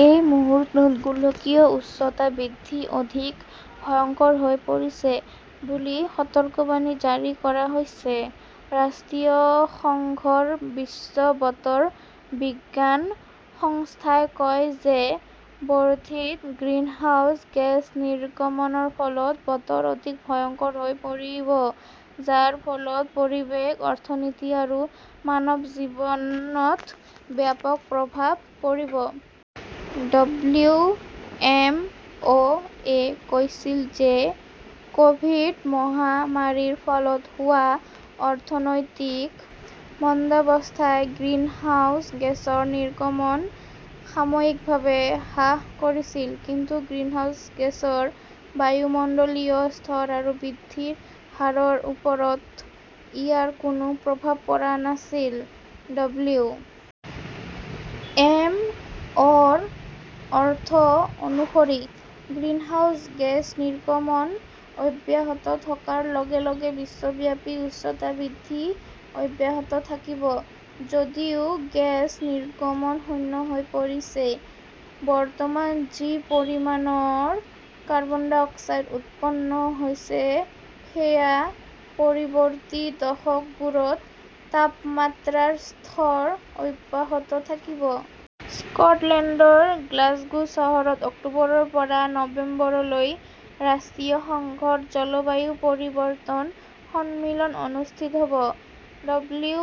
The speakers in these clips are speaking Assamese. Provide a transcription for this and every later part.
এই মুহূৰ্তত গোলকীয় উষ্ণতা বৃদ্ধি অধিক ভয়ংকৰ হৈ পৰিছে বুলি সতৰ্কবাণী জাৰি কৰা হৈছে। ৰাষ্ট্ৰসংঘৰ বিশ্ব বতৰ বিজ্ঞান সংস্থাই কয় যে বৰ্ধিত গ্ৰিনহাউজ গেছ নিৰ্গমনৰ ফলত বতৰ অধিক ভয়ংকৰ হৈ পৰিব যাৰ ফলত পৰিৱেশ, অৰ্থনীতি আৰু মানৱ জীৱনত ব্যাপক প্ৰভাৱ পৰিব। ডব্লিউ. এম. অ 'এ কৈছিল যে ক'ভিড মহামাৰীৰ ফলত হোৱা অৰ্থনৈতিক মন্দাৱস্থাই গ্ৰীণহাউছ গেছৰ নিৰ্গমন সাময়িকভাৱে হ্ৰাস কৰিছিল, কিন্তু গ্ৰীণহাউছ গেছৰ বায়ুমণ্ডলীয় স্তৰ আৰু বৃদ্ধিৰ হাৰৰ ওপৰত ইয়াৰ কোনো প্ৰভাৱ পৰা নাছিল। ডব্লিউ. এম. অৰ্থ' অনুসৰি, গ্ৰীণহাউছ গেছ নিৰ্গমন অব্যাহত থকাৰ লগে লগে বিশ্বব্যাপী উষ্ণতা বৃদ্ধি অব্যাহত থাকিব। যদিও গেছ নিৰ্গমন শূন্য হৈ পৰিছে, বৰ্তমান যি পৰিমাণৰ কাৰ্বন ডাই অক্সাইড উৎপন্ন হৈছে সেয়া পৰিৱৰ্তী দশকবোৰত তাপমাত্ৰাৰ স্তৰত অব্যাহত থাকিব। স্কটলেণ্ডৰ গ্লাছগো চহৰত অক্টোবৰৰ পৰা নৱেম্বৰলৈ ৰাষ্ট্ৰিয়সংঘত জলবায়ু পৰিৱৰ্তন সন্মিলন অনুষ্ঠিত হ 'ব। ডব্লিউ.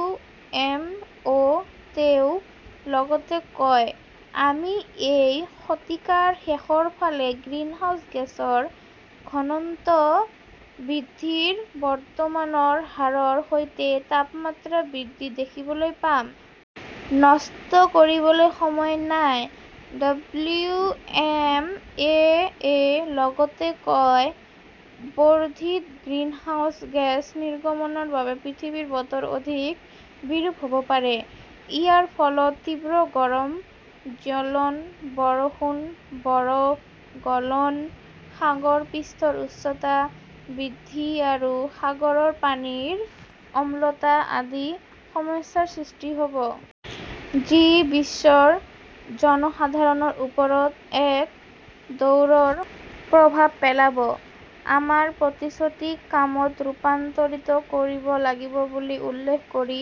এম. অ ', তেওঁ লগতে কয়, আমি এই শতিকাৰ শেষৰ ফালে গ্ৰীণহাউছ গেছৰ ঘননত্ব বৃদ্ধিৰ বৰ্তমানৰ হাৰৰ সৈতে তাপমাত্ৰা বৃদ্ধি দেখিবলৈ পাম। নষ্ট কৰিবলৈ সময় নাই, ডব্লিউ. এম. অ 'য়ে লগতে কয়, বৰ্ধিত গ্ৰীণহাউছ গেছ নিৰ্গমনৰ বাবে পৃথিৱীৰ বতৰ অধিক বিৰূপ হ' ব পাৰে। ইয়াৰ ফলত তীব্ৰ গৰম জ্বলন, বৰষুণ, বৰফ গলন, সাগৰ পৃষ্ঠৰ উচ্চতা বৃদ্ধি আৰু সাগৰৰ পানীৰ অম্লতা আদি সমস্যাৰ সৃষ্টি হ'ব। যি বিশ্বৰ জনসাধাৰণৰ ওপৰত এক দৌৰৰ প্ৰভাৱ পেলাব। আমাৰ প্ৰতিশ্ৰুতিক কামত ৰূপান্তৰিত কৰিব লাগিব বুলি উল্লেখ কৰি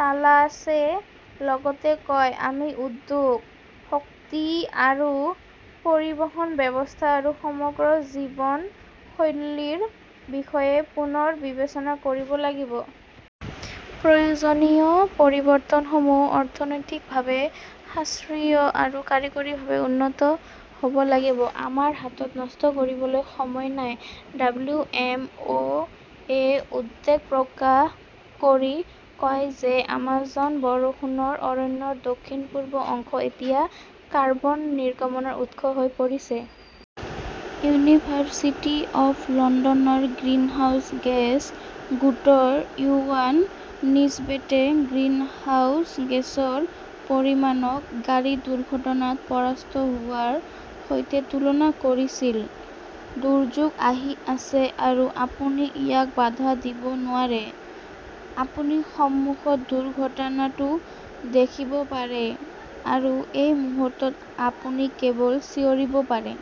তালাসে লগতে কয়, আমি উদ্যোগ, শক্তি আৰু পৰিবহণ ব্যৱস্থা আৰু সমগ্ৰ জীৱনশৈলীৰ বিষয়ে পুনৰ বিবেচনা কৰিব লাগিব। প্ৰয়োজনীয় পৰিৱৰ্তনসমূহ অৰ্থনৈতিকভাৱে সাশ্ৰিয় আৰু কাৰিকৰীভাৱে উন্নʼত হ'ব লাগিব। আমাৰ হাতত নষ্ট কৰিবলৈ সময় নাই। ডব্লিউ. এম. অ. য়ে উদ্বেগ প্ৰকাশ কৰি কয় যে আমাজন বৰষুণৰ অৰণ্যৰ দক্ষিণ-পূব অংশ এতিয়া কাৰ্বন নিৰ্গমনৰ উৎস হৈ পৰিছে। ইউনিভাৰ্চিটি অৱ লণ্ডনৰ গ্ৰীণহাউছ গেছ গোটৰ ইউৱান নিসবেটে গ্ৰীণহাউছ গেছৰ পৰিমাপক "গাড়ী দুৰ্ঘটনাত পৰাস্ত হোৱা" ৰ সৈতে তুলনা কৰিছিল। দুৰ্যোগ আহি আছে আৰু আপুনি ইয়াক বাধা দিব নোৱাৰে। আপুনি সন্মুখত দুৰ্ঘটনাটো দেখিব পাৰে আৰু এই মুহূৰ্তত আপুনি কেৱল চিঞৰিব পাৰে।